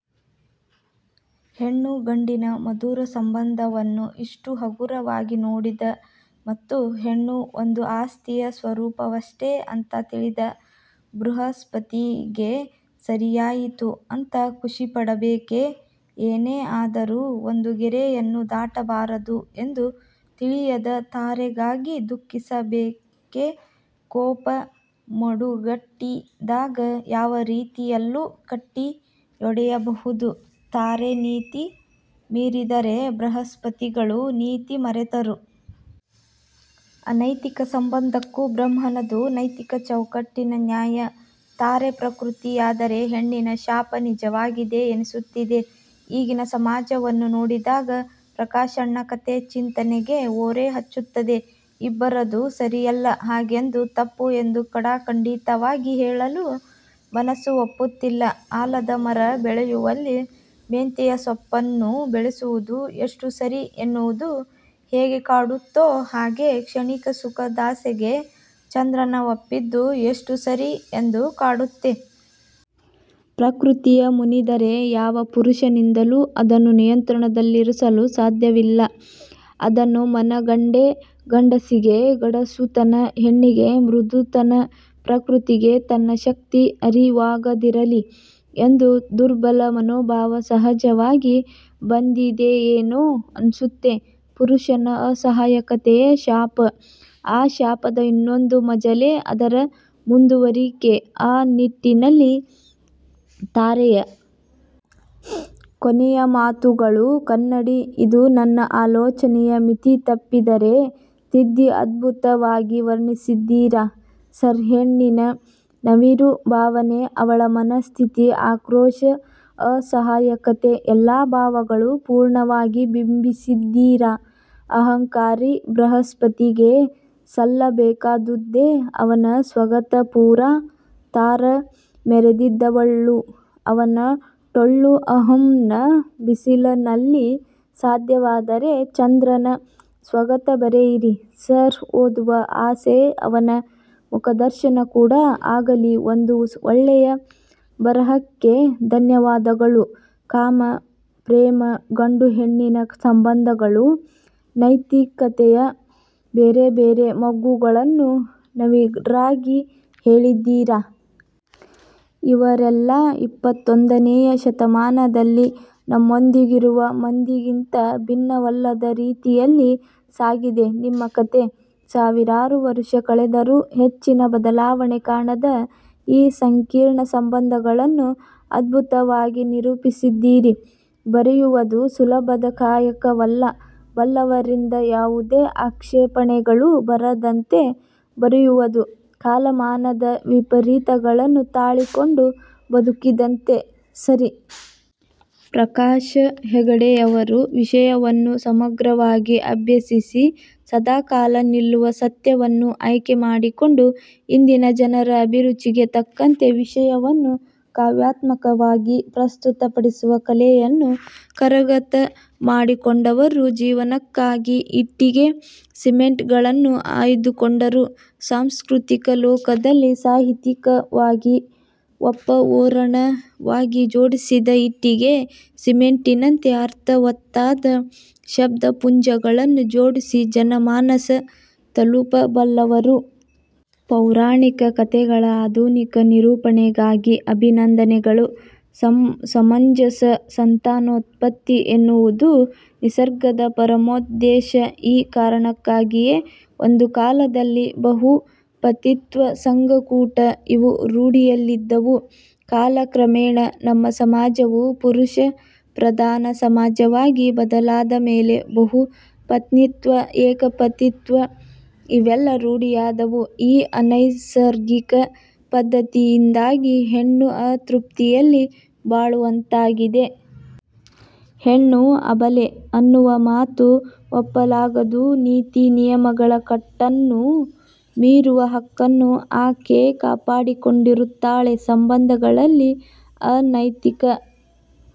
ಹೆಣ್ಣು ಗಂಡಿನ ಮಧುರ ಸಂಬಂಧವನ್ನು ಇಷ್ಟು ಹಗುರವಾಗಿ ನೋಡಿದ ಮತ್ತು ಹೆಣ್ಣು ಒಂದು ಆಸ್ತಿಯ ಸ್ವರುಪವಷ್ಟೇ ಅಂತ ತಿಳಿದ ಭ್ರುಹಸ್ಪತಿಗೆ ಸರಿಯಾಯಿತು ಅಂತ ಖುಶಿಪಡಬೇಕೇ ಏನೇ ಆದರು ಒಂದು ಗೆರೆಯನ್ನು ದಾಟಬಾರದು ಎಂದು ತಿಳಿಯದ ತಾರೆಗಾಗಿ ದುಃಖಿಸಬೇಕೆಕೋಪ ಮಡುಗಟ್ಟಿದಾಗ ಯಾವ ರೀತಿಯಲ್ಲೂ ಕಟ್ಟೆಯೊಡೆಯಬಹುದು. ತಾರೆ ನೀತಿ ಮೀರಿದರೆ ಬ್ರಹಸ್ಪತಿಗಳು ನೀತಿ ಮರೆತರು. ಅನೈತಿಕ ಸಂಬಂಧಕ್ಕೂ ಬ್ರಹ್ಮನದು ನೈತಿಕ ಚೌಕಟ್ಟಿನ ನ್ಯಾಯ. ತಾರೆ ಪ್ರಕೃತಿಯಾದರೆ ಹೆಣ್ಣಿನ ಶಾಪ ನಿಜವಾಗಿದೆ ಎನಿಸುತ್ತಿದೆ ಈಗಿನ ಸಮಾಜವನ್ನು ನೋಡಿದಾಗ. ಪ್ರಕಾಶಣ್ಣ ಕಥೆ ಚಿಂತನೆಗೆ ಓರೆ ಹಚ್ಚುತ್ತದೆ. ಇಬ್ಬರದೂ ಸರಿಯಲ್ಲ ಹಾಗೆಂದು ತಪ್ಪು ಎಂದು ಖಡಾಖಂಡಿತವಾಗಿ ಹೇಳಲು ಮನಸ್ಸು ಒಪ್ಪುತ್ತಿಲ್ಲ. ಆಲದ ಮರ ಬೆಳೆಯುವಲ್ಲಿ ಮೆಂತೆಯ ಸೊಪ್ಪುನ್ಣು ಬೆಳೆಸುವುದು ಎಷ್ಟು ಸರಿ ಎನ್ನುವುದು ಹೇಗೆ ಕಾಡುತ್ತೋ ಹಾಗೆ ಕ್ಷಣಿಕ ಸುಖದಾಸೆಗೆ ಚಂದ್ರನ ಒಪ್ಪಿದ್ದೂ ಎಷ್ಟು ಸರಿ ಎಂದು ಕಾಡುತ್ತೆ. ಪ್ರಕೃತಿಯ ಮುನಿದರೆ ಯಾವ ಪುರುಷನಿಂದಲು ಅದನ್ನು ನಿಯಂತ್ರಣದಲ್ಲಿರಿಸಲು ಸಾದ್ಯವಿಲ್ಲ. ಅದನ್ನು ಮನಗಂಡೇ ಗಂಡಸಿಗೆ ಗಡಸುತನ ಹೆಣ್ಣಿಗೆ ಮೃದುತನಪ್ರಕೃತಿಗೆ ತನ್ನ ಶಕ್ತಿ ಅರಿವಾಗದಿರಲಿ ಎಂದು ದುರ್ಬಲ ಮನೋಭಾವ ಸಹಜವಾಗಿ ಬಂದಿದೆಯೇನೋ ಅನ್ಸುತ್ತೆ.. ಪುರುಷನ ಅಸಹಾಯಕತೆಯೇ ಶಾಪ. ಆ ಶಾಪದ ಇನ್ನೊಂದು ಮಜಲೇ ಅದರ ಮುಂದುವರಿಕೆಆ ನಿಟ್ಟಿನಲ್ಲಿ ತಾರೆಯ ಕೊನೆಯ ಮಾತುಗಳು ಕನ್ನಡಿಇದು ನನ್ನ ಆಲೋಚನೆಯ ಮಿತಿ ತಪ್ಪಿದ್ದರೆ ತಿದ್ದಿಅದ್ಭುತವಾಗಿ ವರ್ಣಿಸಿದ್ದೀರಾ ಸರ್ಹೆಣ್ಣಿನ ನವಿರು ಭಾವನೆ ಅವಳ ಮನಸ್ಥಿತಿ ಆಕ್ರೋಶ ಅಸಹಾಯಕತೆ ಎಲ್ಲಾ ಭಾವಗಳು ಪೂರ್ಣವಾಗಿ ಬಿಂಬಿಸಿದ್ದೀರಾಅಹಂಕಾರಿ ಬೃಹಸ್ಪತಿಗೆ ಸಲ್ಲ ಬೇಕಾದ್ದುದ್ದೆ ಅವನ ಸ್ವಗತ ಪೂರಾ ತಾರ ಮೆರೆದಿದ್ದಳು ಅವನ ಠೊಳ್ಳು ಅಹಂನ ಬಿಸಿಲನಲ್ಲಿಸಾಧ್ಯವಾದರೆ ಚಂದ್ರನ ಸ್ವಗತ ಬರೆಯಿರಿ ಸರ್ ಓದುವ ಆಸೆಅವನ ಮುಖದರ್ಶನ ಕೂಡ ಆಗಲಿಒಂದು ಒಳ್ಳೆಯ ಬರಹಕ್ಕೆ ಧನ್ಯವಾದಗಳು ಕಾಮ, ಪ್ರೇಮ, ಗಂಡು ಹೆಣ್ಣಿನ ಸಂಬಂದಗಳು, ನೈತಿಕತೆಯ ಬೇರೆಬೇರೆ ಮಗ್ಗುಲುಗಳನ್ನು ನವಿರಾಗಿ ಹೇಳಿದ್ದಿರಾ. ಇವರೆಲ್ಲ ಇಪ್ಪತ್ತೊಂದನೆಯ ಶತಮಾನದಲ್ಲಿ ನಮ್ಮೊಂದಿಗಿರುವ ಮಂದಿಗಿಂತ ಭಿನ್ನವಲ್ಲದ ರೀತಿಯಲ್ಲಿ ಸಾಗಿದೆ ನಿಮ್ಮ ಕತೆ. ಸಾವಿರಾರು ವರುಷ ಕಳೆದರೂ ಹೆಚ್ಚಿನ ಬದಲಾವಣೆ ಕಾಣದ ಈ ಸಂಕೀರ್ಣ ಸಂಬಂದಗಳನ್ನು ಅದ್ಬುತವಾಗಿ ನಿರೂಪಿಸಿದ್ಡಿರಿ. ಬರೆಯುವದು ಸುಲಭದ ಕಾಯಕವಲ್ಲ. ಬಲ್ಲವರಿಂದ ಯಾವುದೇ ಆಕ್ಷೇಪಣೆಗಳೂ ಬರದಂತೆ ಬರೆಯುವದು ಕಾಲಮಾನದ ವಿಪರೀತಗಳನ್ನು ತಾಳಿಕೊಂಡು ಬದುಕಿದಂತೆ ಸರಿ. ಪ್ರಕಾಶ ಹೆಗಡೆಯವರು ವಿಷಯವನ್ನು ಸಮಗ್ರವಾಗಿ ಅಭ್ಯಸಿಸಿ ಸದಾಕಾಲ ನಿಲ್ಲುವ ಸತ್ಯವನ್ನು ಆಯ್ಕೆಮಾಡಿಕೊಂಡು ಇಂದಿನ ಜನರ ಅಭಿರುಚಿಗೆ ತಕ್ಕಂತೆ ವಿಷಯವನ್ನು ಕಾವ್ಯಾತ್ಮಕವಾಗಿ ಪ್ರಸ್ತುತ ಪಡಿಸುವ ಕಲೆಯನ್ನು ಕರಗತಮಾಡಿಕೊಂಡವರು. ಜೀವನಕ್ಕಾಗಿ ಇಟ್ಟಿಗೆ ಸಿಮೆಂಟ್ ಗಳನ್ನು ಆಯ್ದುಕೊಂಡರೂ ಸಾಂಸ್ಕ್ರತಿಕ ಲೋಕದಲ್ಲಿ ಸಾಹಿತ್ಯಿಕವಾಗಿ ಒಪ್ಪ ಓರಣವಾಗಿ ಜೋಡಿಸಿದ ಇಟ್ಟಿಗೆ ಸಿಮೆಂಟಿನಂತೆ ಅರ್ಥವತ್ತಾದ ಶಬ್ದ ಪುಂಜಗಳನ್ನು ಜೋಡಿಸಿ ಜನ ಮಾನಸ ತಲುಪಬಲ್ಲವರು. ಪೌರಾಣಿಕ ಕತೆಗಳ ಆಧುನಿಕ ನಿರೂಪಣೆಗಾಗಿ ಅಭಿನಂದನೆಗಳು. ಸಮಂಜಸ ಸಂತಾನೋತ್ಪತ್ತಿ ಎನ್ನುವುದು ನಿಸರ್ಗದ ಪರಮೋದ್ದೇಶ. ಈ ಕಾರಣಕ್ಕಾಗಿಯೇ ಒಂದು ಕಾಲದಲ್ಲಿ ಬಹುಪತಿತ್ವ, ಸಂಘಕೂಟ ಇವು ರೂಢಿಯಲ್ಲಿದ್ದವು. ಕಾಲಕ್ರಮೇಣ ನಮ್ಮ ಸಮಾಜವು ಪುರುಷಪ್ರಧಾನ ಸಮಾಜವಾಗಿ ಬದಲಾದ ಮೇಲೆ ಬಹುಪತ್ನಿತ್ವ ಏಕಪತಿತ್ವ ಇವೆಲ್ಲ ರೂಢಿಯಾದವು. ಈ ಅನೈಸರ್ಗಿಕ ಪದ್ಧತಿಯಿಂದಾಗಿ ಹೆಣ್ಣು ಅತೃಪ್ತಿಯಲ್ಲಿ ಬಾಳುವಂತಾಗಿದೆ. ಹೆಣ್ಣು ಅಬಲೆ ಅನ್ನುವ ಮಾತು ಒಪ್ಪಲಾಗದುನೀತಿ ನಿಯಮಗಳ ಕಟ್ಟನ್ನು ಮೀರುವ ಹಕ್ಕನ್ನು ಆಕೆ ಕಾಪಾಡಿಕೊಂಡಿರುತ್ತಾಳೆಸಂಬಂಧಗಳಲ್ಲಿ ಅನೈತಿಕ